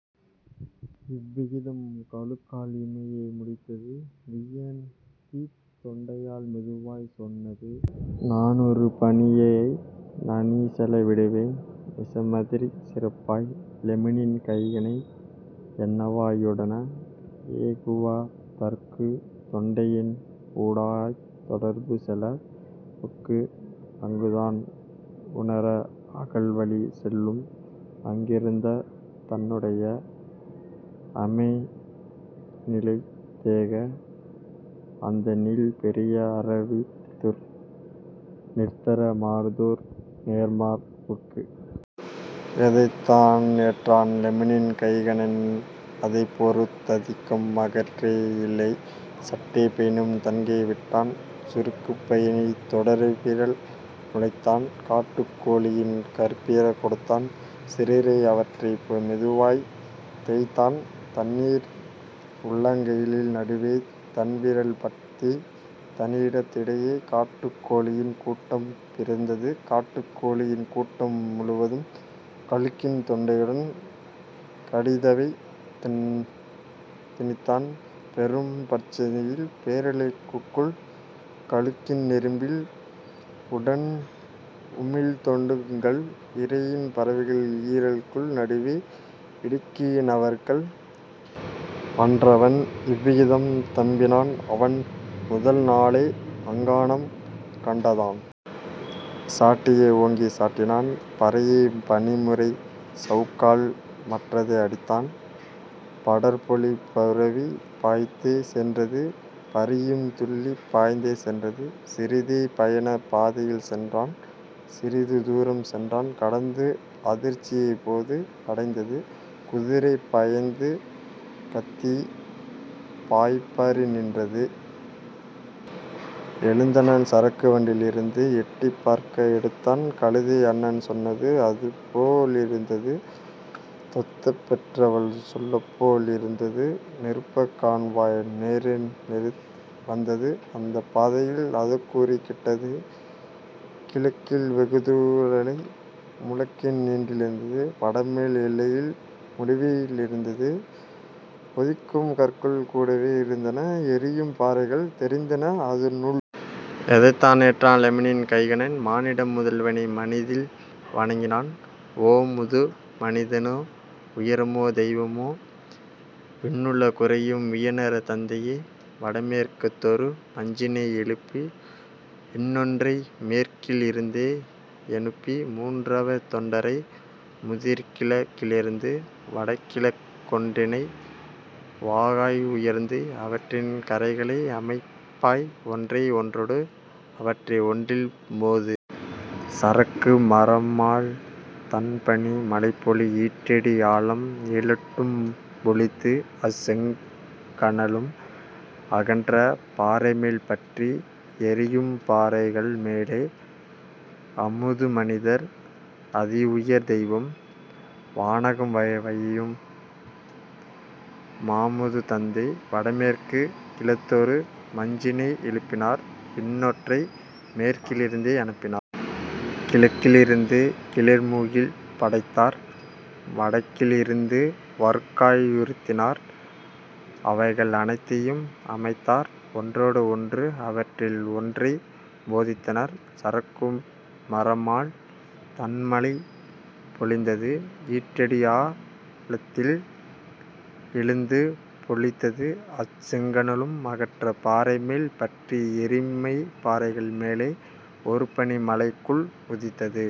" இவ்விதம் கழுகால் இயம்ப முடிந்தது வியன்தீத் தொண்டையால் மெதுவாய்ச் சொன்னது: "நானொரு பயணியை நனிசெல விடுவேன் நிசமதிற் சிறப்பாய் லெம்மின் கைனனை என்வா யுடா யேகுவ தற்கு தொண்டையின் ஊடாய்த் தொடர்செல வுக்கு அங்குதான் உன்றன் அகல்வழி செல்லும் அங்கிருந் ததனுடை அமைநிலத் தேக அந்தநீள் பெரிய அருவிருந் துக்கு நிரந்தர மானதோர் நேரமர் வுக்கு. " எதைத்தான் ஏற்றான் லெம்மின் கைனன் அதைப்பொறுத் ததிகம் அக்கற்றை யில்லை சட்டைப் பையினில் தன்கை விட்டான் சுருக்குப் பையினில் தொடுவிரல் நுழைத்தான் காட்டுக் கோழியின் கறுப்பிற கெடுத்தான் சிறிதே அவற்றை மெதுவாய்த் தேய்த்தான் தன்னிரு உள்ளங் கைகளின் நடுவே தன்விரல் பத்தின் தனியிடத் திடையே காட்டுக் கோழியின் கூட்டம் பிறந்தது காட்டுக் கோழியின் கூட்டம் முழுவதும் கழுகின் தொண்டையுள் கடிதவை திணித்தான் பெரும் பட்சணியின் பேரல குக்குள் கழுகின் நெருப்பு உமிழ்தொண் டைக்குள் இரையுண் பறவையின் ஈறுகள் நடுவே; இடுக்கணில் அன்றவன் இவ்விதம் தப்பினான் அவன் முதல்நாளை அங்ஙனம் கடந்தான். சாட்டையை ஓங்கிச் சாடினான் பரியை மணிமுனைச் சவுக்கால் மற்றதை அடித்தான்; படர்பொலிப் புரவி பாய்ந்தே சென்றது பரியும் துள்ளிப் பாய்ந்தே சென்றது. சிறிதே பயணப் பாதையில் சென்றனன் சிறிது தூரம் சென்றனன் கடந்து அதிர்ச்சியிப் போது அடைந்தது குதிரை பயந்து கத்திப் பாய்பரி நின்றது. எழுந்தனன் சறுக்கு வண்டியி லிருந்து எட்டிப் பார்க்க எடுத்தனன் கழுத்தை அன்னை சொன்னது அதுபோ லிருந்தது சொந்தப் பெற்றவள் சொல்போ லிருந்தது நெருப்புக் கணவாய் நேரெதிர் வந்தது அந்தப் பாதையில் அதுகுறுக் கிட்டது கிழக்கில் வெகுதொலை முழுக்கநீண் டிருந்தது வடமேல் எல்லையும் முடிவற் றிருந்தது கொதிக்கும் கற்களும் கூடவே இருந்தன எரியும் பாறைகள் தெரிந்தன அதனுள். எதைத்தான் ஏற்றான் லெம்மின் கைனன் மானிட முதல்வனை மனதில் வணங்கினன்: "ஓ, முது மனிதனே, உயர்மா தெய்வமே! விண்ணுல குறையும் வியனார் தந்தையே! வடமேற்கிருந்தொரு மஞ்சினை யெழுப்பு இன்னொன்றை மேற்கில் இருந்தே யனுப்பு மூன்றாவ தொன்றை முதிர்கிழக் கிருந்து வடகிழக் கொன்றினை வாகாய் உயர்த்து அவற்றின் கரைகளை அமைப்பாய் ஒன்றாய் ஒன்றொடு அவற்றை ஒன்றில் மோது! சறுக்கு மரமாழ் தண்பனி மழைபொழி ஈட்டி ஆழம் எழட்டும் பொழிந்து அச்செங் கனலும் அகன்ற பாறைமேல் பற்றி எரியுமப் பாறைகள் மேலே! " அம்முது மனிதர், அதிஉயர் தெய்வம், வானகம் வதியும் மாமுது தந்தை, வடமேற் கிருந்தொரு மஞ்சினை எழுப்பினார் இன்னொன்றை மேற்கில் இருந்தே அனுப்பினார் கிழக்கி லிருந்தும் கிளர்முகில் படைத்தார் வடகிழக் கிருந்து வருகாற் றுயர்த்தினார் அவைகள் அனைத்தையும் அமைத்தார் ஒன்றாய் ஒன்றொடு அவற்றில் ஒன்றை மோதினார் சறுக்கு மரமாழ் தண்மழை பொழிந்தது ஈட்டிஆ ழத்தில் எழுந்தது பொழிந்து அச்செங் கனலும் அகன்ற பாறைமேல் பற்றி எரியுமப் பாறைகள் மேலே; ஒருபனி மழைக்குளம் உதித்தது